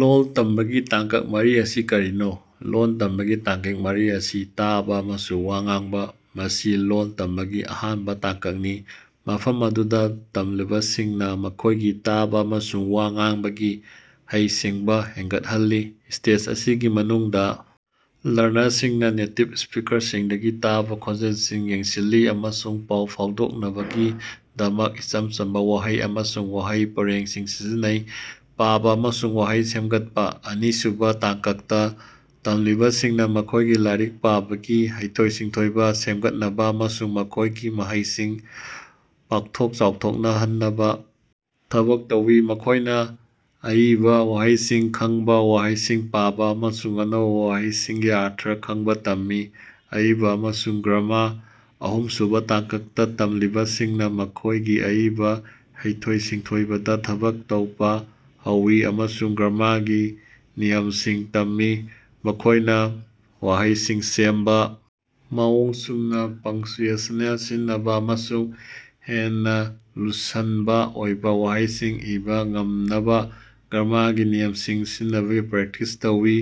ꯂꯣꯜ ꯇꯝꯕꯒꯤ ꯇꯥꯡꯀꯛ ꯃꯔꯤ ꯑꯁꯤ ꯀꯔꯤꯅꯣ? ꯂꯣꯜ ꯇꯝꯕꯒꯤ ꯇꯥꯡꯀꯛ ꯃꯔꯤ ꯑꯁꯤ: ꯇꯥꯕ ꯑꯃꯁꯨꯡ ꯋꯥ ꯉꯥꯡꯕ: ꯃꯁꯤ ꯂꯣꯜ ꯇꯝꯕꯒꯤ ꯑꯍꯥꯟꯕ ꯇꯥꯡꯀꯛꯅꯤ ꯃꯐꯝ ꯑꯗꯨꯗ ꯇꯝꯂꯤꯕꯁꯤꯡꯅ ꯃꯈꯣꯢꯒꯤ ꯇꯥꯕ ꯑꯃꯁꯨꯡ ꯋꯥ ꯉꯥꯡꯕꯒꯤ ꯍꯩꯁꯤꯡꯕ ꯍꯦꯟꯒꯠꯍꯜꯂꯤ꯫ ꯁ꯭ꯇꯦꯖ ꯑꯁꯤꯒꯤ ꯃꯅꯨꯡꯗ ꯂꯔꯅꯔꯁꯤꯡꯅ ꯅꯦꯇꯤꯚ ꯁ꯭ꯄꯤꯀꯔꯁꯤꯡꯗꯒꯤ ꯇꯥꯕꯥ ꯈꯣꯟꯖꯦꯜꯁꯤꯡ ꯌꯦꯡꯁꯤꯜꯂꯤ ꯑꯃꯁꯨꯡ ꯄꯥꯎ ꯐꯥꯎꯗꯣꯛꯅꯕꯒꯤꯗꯃꯛ ꯏꯆꯝ ꯆꯝꯕ ꯋꯥꯍꯩ ꯑꯃꯁꯨꯡ ꯋꯥꯍꯩ ꯄꯔꯦꯡꯁꯤꯡ ꯁꯤꯖꯤꯟꯅꯩ꯫ ꯄꯥꯕꯥ ꯑꯃꯁꯨꯡ ꯋꯥꯍꯩ ꯁꯦꯝꯒꯠꯄ: ꯑꯅꯤꯁꯨꯕ ꯇꯥꯡꯀꯛꯇ ꯇꯝꯂꯤꯕꯁꯤꯡꯅ ꯃꯈꯣꯢꯒꯤ ꯂꯥꯏꯔꯤꯛ ꯄꯥꯕꯒꯤ ꯍꯩꯊꯣꯏ-ꯁꯤꯡꯊꯣꯏꯕ ꯁꯦꯝꯒꯠꯅꯕ ꯑꯃꯁꯨꯡ ꯃꯈꯣꯢꯒꯤ ꯃꯍꯩꯁꯤꯡ ꯄꯥꯛꯊꯣꯛ ꯆꯥꯎꯊꯣꯛꯅꯍꯟꯅꯕ ꯊꯕꯛ ꯇꯧꯏ꯫ ꯃꯈꯣꯢꯅ ꯑꯏꯕ ꯋꯥꯍꯩꯁꯤꯡ ꯈꯡꯕ ꯋꯥꯍꯩꯁꯤꯡ ꯄꯥꯕ ꯑꯃꯁꯨꯡ ꯑꯅꯧꯕ ꯋꯥꯍꯩꯁꯤꯡꯒꯤ ꯑꯔꯊ ꯈꯡꯕ ꯇꯝꯃꯤ꯫ ꯑꯏꯕ ꯑꯃꯁꯨꯡ ꯒ꯭ꯔꯥꯃꯥꯔ: ꯑꯍꯨꯝꯁꯨꯕ ꯇꯥꯡꯀꯛꯇ ꯇꯝꯂꯤꯕꯁꯤꯡꯅ ꯃꯈꯣꯢꯒꯤ ꯑꯏꯕ ꯍꯩꯊꯣꯏ-ꯁꯤꯡꯊꯣꯏꯕꯗ ꯊꯕꯛ ꯇꯧꯕ ꯍꯧꯏ ꯑꯃꯁꯨꯡ ꯒ꯭ꯔꯥꯃꯥꯔꯒꯤ ꯅꯤꯌꯝꯁꯤꯡ ꯇꯝꯃꯤ꯫ ꯃꯈꯣꯢꯅ ꯋꯥꯍꯩꯁꯤꯡ ꯁꯦꯝꯕ ꯃꯑꯣꯡ ꯆꯨꯝꯅ ꯄꯡꯆ꯭ꯌꯨꯑꯦꯜ ꯁꯤꯖꯤꯟꯅꯕ ꯑꯃꯁꯨꯡ ꯍꯦꯟꯅ ꯂꯨꯁꯟꯕ ꯑꯣꯏꯕ ꯋꯥꯍꯩꯁꯤꯡ ꯏꯕ ꯉꯝꯅꯕ ꯒ꯭ꯔꯥꯃꯥꯔꯒꯤ ꯅꯤꯌꯝꯁꯤꯡ ꯁꯤꯖꯤꯟꯅꯕꯒꯤ ꯄ꯭ꯔꯦꯛꯇꯤꯁ ꯇꯧꯏ꯫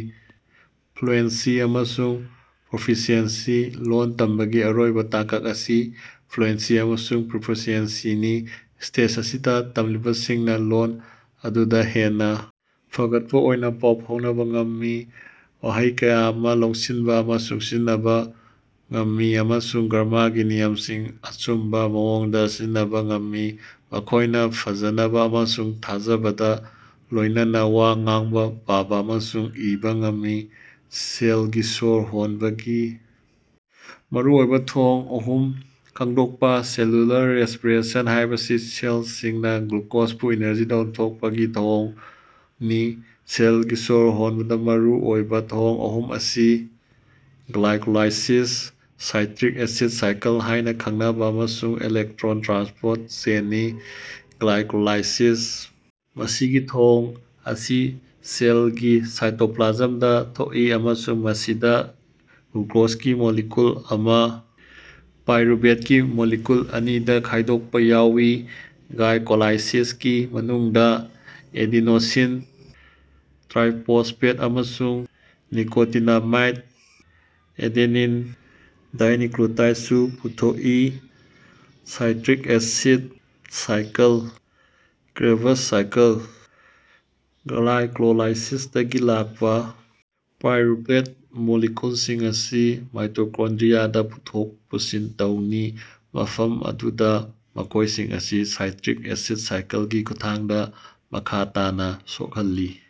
ꯐ꯭ꯂꯨꯑꯦꯟꯁꯤ ꯑꯃꯁꯨꯡ ꯄ꯭ꯔꯣꯐꯤꯁꯤꯑꯦꯟꯁꯤ: ꯂꯣꯜ ꯇꯝꯕꯒꯤ ꯑꯔꯣꯏꯕ ꯇꯥꯡꯀꯛ ꯑꯁꯤ ꯐ꯭ꯂꯨꯑꯦꯟꯁꯤ ꯑꯃꯁꯨꯡ ꯄ꯭ꯔꯣꯐꯤꯁꯤꯌꯦꯟꯁꯤꯅꯤ꯫ ꯁ꯭ꯇꯦꯖ ꯑꯁꯤꯗ ꯇꯝꯂꯤꯕꯁꯤꯡꯅ ꯂꯣꯜ ꯑꯗꯨꯗ ꯍꯦꯟꯅ ꯐꯒꯠꯄ ꯑꯣꯏꯅ ꯄꯥꯎ ꯐꯥꯎꯅꯕ ꯉꯝꯃꯤ ꯋꯥꯍꯩ ꯀꯌꯥ ꯑꯃ ꯂꯧꯁꯤꯟꯕ ꯑꯃꯁꯨꯡ ꯁꯤꯖꯤꯟꯅꯕ ꯉꯝꯃꯤ ꯑꯃꯁꯨꯡ ꯒ꯭ꯔꯥꯃꯥꯔꯒꯤ ꯅꯤꯌꯝꯁꯤꯡ ꯑꯆꯨꯝꯕ ꯃꯑꯣꯡꯗ ꯁꯤꯖꯤꯟꯅꯕ ꯉꯝꯃꯤ꯫ ꯃꯈꯣꯢꯅ ꯐꯖꯅꯕ ꯑꯃꯁꯨꯡ ꯊꯥꯖꯕꯒ ꯂꯣꯢꯅꯅꯥ ꯋꯥ ꯉꯥꯡꯕ ꯄꯥꯕꯥ ꯑꯃꯁꯨꯡ ꯏꯕꯥ ꯉꯝꯃꯤ꯫ ꯁꯦꯜꯒꯤ ꯁꯣꯔ ꯍꯣꯟꯕꯒꯤ ꯃꯔꯨꯑꯣꯏꯕ ꯊꯧꯑꯣꯡ ꯑꯍꯨꯝ ꯈꯪꯗꯣꯛꯄ꯫ ꯁꯦꯂ꯭ꯌꯨꯂꯔ ꯔꯦꯁꯄꯤꯔꯦꯁꯟ ꯍꯥꯢꯕꯁꯤ ꯁꯦꯜꯁꯤꯡꯅ ꯒ꯭ꯂꯨꯀꯣꯖꯕꯨ ꯑꯦꯅꯔꯖꯤꯗꯥ ꯑꯣꯟꯊꯣꯛꯄꯒꯤ ꯊꯧꯑꯣꯡꯅꯤ꯫ ꯁꯦꯜꯒꯤ ꯁꯣꯔ ꯍꯣꯟꯕꯗ ꯃꯔꯨ ꯑꯣꯏꯕ ꯊꯧꯑꯣꯡ ꯑꯍꯨꯝ ꯑꯁꯤ ꯒ꯭ꯂꯥꯏꯀꯣꯂꯥꯏꯁꯤꯁ, ꯁꯥꯏꯇ꯭ꯔꯤꯛ ꯑꯦꯁꯤꯗ ꯁꯥꯏꯀꯜ ꯍꯥꯢꯅꯥ ꯈꯡꯅꯕꯥ ꯑꯃꯁꯨꯡ ꯏꯂꯦꯛꯇ꯭ꯔꯣꯟ ꯇ꯭ꯔꯥꯟꯁꯄꯣꯔꯠ ꯆꯦꯟꯅꯤ꯫ ꯒ꯭ꯂꯥꯏꯀꯣꯂꯥꯏꯁꯤꯁ: ꯃꯁꯤꯒꯤ ꯊꯧꯑꯣꯡ ꯑꯁꯤ ꯁꯦꯜꯒꯤ ꯁꯥꯏꯇꯣꯄ꯭ꯂꯥꯖꯝꯗ ꯊꯣꯛꯏ ꯑꯃꯁꯨꯡ ꯃꯁꯤꯗ ꯒ꯭ꯂꯨꯀꯣꯖꯒꯤ ꯃꯣꯂꯤꯀ꯭ꯌꯨꯜ ꯑꯃ ꯄꯥꯏꯔꯨꯕꯦꯠꯀꯤ ꯃꯣꯂꯤꯀ꯭ꯌꯨꯜ ꯑꯅꯤꯗ ꯈꯥꯢꯗꯣꯛꯄ ꯌꯥꯎꯏ꯫ ꯒ꯭ꯂꯥꯏꯀꯣꯂꯥꯏꯁꯤꯁꯀꯤ ꯃꯅꯨꯡꯗ ꯑꯦꯗꯤꯅꯣꯁꯤꯟ ꯇ꯭ꯔꯥꯏꯐꯣꯁꯐꯦꯠ ꯑꯃꯁꯨꯡ ꯅꯤꯀꯣꯇꯤꯅꯥꯃꯥꯏꯠ ꯑꯦꯗꯤꯅꯤꯟ ꯗꯥꯏꯅꯤꯀ꯭ꯂꯨꯇꯥꯏꯠ ꯁꯨ ꯄꯨꯊꯣꯛꯏ꯫ Citric acid cycle Krebs cycle: ꯒ꯭ꯂꯥꯏꯀꯣꯂꯥꯏꯁꯤꯁꯇꯒꯤ ꯂꯥꯛꯄꯥ ꯄꯥꯏꯔꯨꯕꯦꯠ ꯃꯣꯂꯤꯀ꯭ꯌꯨꯜꯁꯤꯡ ꯑꯁꯤ ꯃꯥꯏꯇꯣꯀꯣꯟꯗ꯭ꯔꯤꯌꯥꯗ ꯄꯨꯊꯣꯛ ꯄꯨꯁꯤꯟ ꯇꯧꯏ, ꯃꯐꯝ ꯑꯗꯨꯗꯥ ꯃꯈꯣꯢꯁꯤꯡ ꯑꯁꯤ ꯁꯥꯏꯇ꯭ꯔꯤꯛ ꯑꯦꯁꯤꯗ ꯁꯥꯏꯀꯜꯒꯤ ꯈꯨꯠꯊꯥꯡꯗꯥ ꯃꯈꯥ ꯇꯥꯅꯥ ꯁꯣꯛꯍꯜꯂꯤ꯫